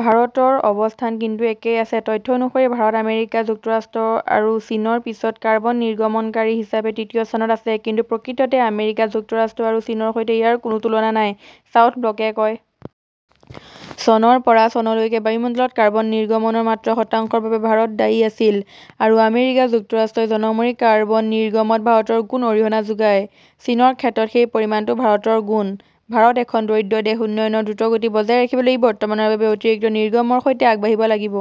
ভাৰতৰ অৱস্থান কিন্তু একেই আছে। তথ্য অনুসৰি ভাৰত আমেৰিকা যুক্তৰাষ্ট্ৰ আৰু চীনৰ পিছত কাৰ্বন নিৰ্গমনকাৰী হিচাপে তৃতীয় স্থানত আছে, কিন্তু প্ৰকৃততে আমেৰিকা যুক্তৰাষ্ট্ৰ আৰু চীনৰ সৈতে ইয়াৰ কোনো তুলনা নাই, চাউথ ব্লকে কয়। চনৰ পৰা চনলৈকে বায়ুমণ্ডলত কাৰ্বন নিৰ্গমনৰ মাত্ৰ শতাংশৰ বাবে ভাৰত দায়ী আছিল। আৰু, আমেৰিকা যুক্তৰাষ্ট্ৰই জনমূৰি কাৰ্বন নিৰ্গমনত ভাৰতৰ গুণ অৰিহণা যোগায়। চীনৰ ক্ষেত্ৰত সেই পৰিমাণটো ভাৰতৰ গুণ। ভাৰত এখন দৰিদ্ৰ দেশ, উন্নয়নৰ দ্ৰুত গতি বজাই ৰাখিবলৈ ই বৰ্তমানৰ বাবে অতিৰিক্ত নিৰ্গমনৰ সৈতে আগবাঢ়িব লাগিব।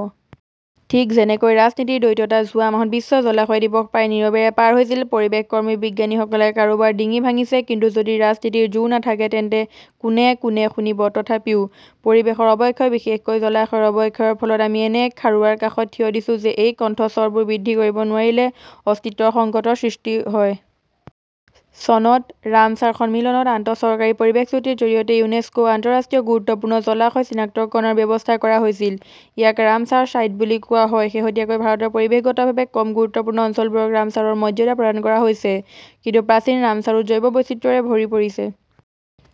ঠিক যেনেকৈ ৰাজনীতিৰ দ্বৈততা, যোৱা মাহত বিশ্ব জলাশয় দিৱস প্ৰায় নীৰৱেৰে পাৰ হৈছিল। পৰিৱেশ কৰ্মী, বিজ্ঞানীসকলে কাৰোবাৰ ডিঙি ভাঙিছে, কিন্তু যদি ৰাজনীতিৰ জোৰ নাথাকে তেন্তে কোনে - কোনে শুনিব। তথাপিও পৰিৱেশৰ অৱক্ষয়, বিশেষকৈ জলাশয়ৰ অৱক্ষয়ৰ ফলত আমি এনে এক খাৰুৱাৰ কাষত থিয় দিছো যে এই কণ্ঠস্বৰবোৰ বৃদ্ধি কৰিব নোৱাৰিলে অস্তিত্বৰ সংকটৰ সৃষ্টি হয়। চনত ৰামছাৰ সন্মিলনত আন্তঃচৰকাৰী পৰিৱেশ চুক্তিৰ জৰিয়তে ইউনেস্কো, আন্তঃৰাষ্ট্ৰীয় গুৰুত্বপূৰ্ণ জলাশয় চিনাক্তকৰণৰ ব্যৱস্থা কৰা হৈছিল। ইয়াক ৰামছাৰ ছাইট বুলি কোৱা হয়। শেহতীয়াকৈ ভাৰতৰ পৰিৱেশগতভাৱে কম গুৰুত্বপূৰ্ণ অঞ্চলবোৰক ৰামচাৰৰ মৰ্যাদা প্ৰদান কৰা হৈছে, কিন্তু প্ৰাচীন ৰামচাৰো জৈৱ বৈচিত্ৰ্যৰে ভৰি পৰিছে।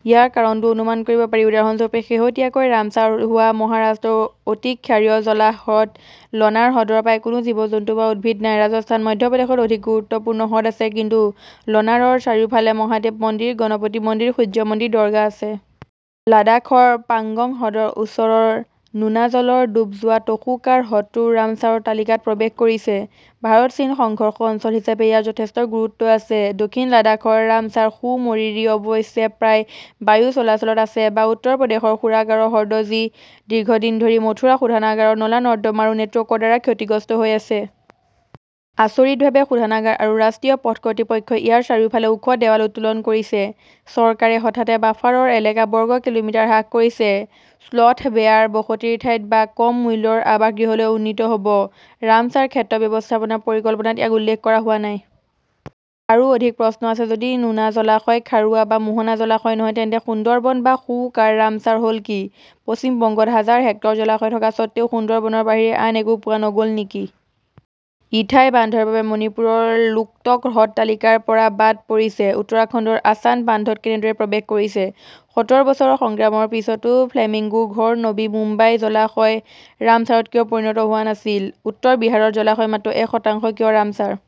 ইয়াৰ কাৰণটোও অনুমান কৰিব পাৰি। উদাহৰণস্বৰূপে, শেহতীয়াকৈ ৰামছাৰ হোৱা মহাৰাষ্ট্ৰৰ অতিক্ষাৰীয় জলাহ হ্ৰদ লনাৰ হ্ৰদৰ প্ৰায় কোনো জীৱ-জন্তু বা উদ্ভিদ নাই, ৰাজস্থান, মধ্যপ্ৰদেশত অধিক গুৰুত্বপূৰ্ণ হ্ৰদ আছে, কিন্তু লনাৰৰ চাৰিওফালে মহাদেৱ মন্দিৰ, গণপতি মন্দিৰ, সূৰ্য মন্দিৰ, দৰ্গা আছে। লাডাখৰ পাঙ্গং হ্ৰদৰ ওচৰৰ নোনাজলৰ ডুব যোৱা তসো-কাৰ হ্ৰদটোৱে ৰামছাৰ তালিকাত প্ৰৱেশ কৰিছে। ভাৰত-চীন সংঘৰ্ষ অঞ্চল হিচাপে ইয়াৰ যথেষ্ট গুৰুত্ব আছে। দক্ষিণ লাডাখৰ ৰামছাৰ সো মৰিৰি অৱশ্যে প্ৰায় বায়ু চলাচলত আছে। বা, উত্তৰ প্ৰদেশৰ সুৰসাগৰ হ্ৰদ, যি দীৰ্ঘদিন ধৰি মথুৰা শোধনাগাৰৰ নলা-নৰ্দমা আৰু নেটৱৰ্কৰ দ্বাৰা ক্ষতিগ্ৰস্ত হৈ আছে। আচৰিতভাৱে, শোধনাগাৰ আৰু ৰাষ্ট্ৰীয় পথ কৰ্তৃপক্ষই ইয়াৰ চাৰিওফালে ওখ দেৱাল উত্তোলন কৰিছে। চৰকাৰে হঠাতে বাফাৰৰ এলেকা বৰ্গ কিলোমিটাৰ হ্ৰাস কৰিছে, স্লথ-বেয়াৰ বসতিৰ ঠাইত বা কম মূল্যৰ আৱাসগৃহলৈ উন্নীত হ 'ব। ৰামছাৰ ক্ষেত্ৰ ব্যৱস্থাপনা পৰিকল্পনাত ইয়াক উল্লেখ কৰা হোৱা নাই। আৰু অধিক প্ৰশ্ন আছে, যদি নোনা জলাশয়, খাৰুৱা বা মোহনা জলাশয় নহয়, তেন্তে সুন্দৰবন বা সো-কাৰ ৰামছাৰ হল কি? পশ্চিম বংগত হাজাৰ হেক্টৰ জলাশয় থকা স্বত্বেও সুন্দৰবনৰ বাহিৰে আন একো পোৱা নগ'ল নেকি? ইথাই বান্ধৰ বাবে মণিপুৰৰ লোকটক হ্ৰদ তালিকাৰ পৰা বাদ পৰিছে, উত্তৰাখণ্ডৰ আছান বান্ধত কেনেদৰে প্ৰৱেশ কৰিছে? সতৰ বছৰৰ সংগ্ৰামৰ পিছতো ফ্লেমিঙ্গোৰ ঘৰ নবী মুম্বাই জলাশয় ৰামছাৰত কিয় পৰিণত হোৱা নাছিল। উত্তৰ বিহাৰৰ জলাশয়ৰ মাত্ৰ এক শতাংশ কিয় ৰামছাৰ?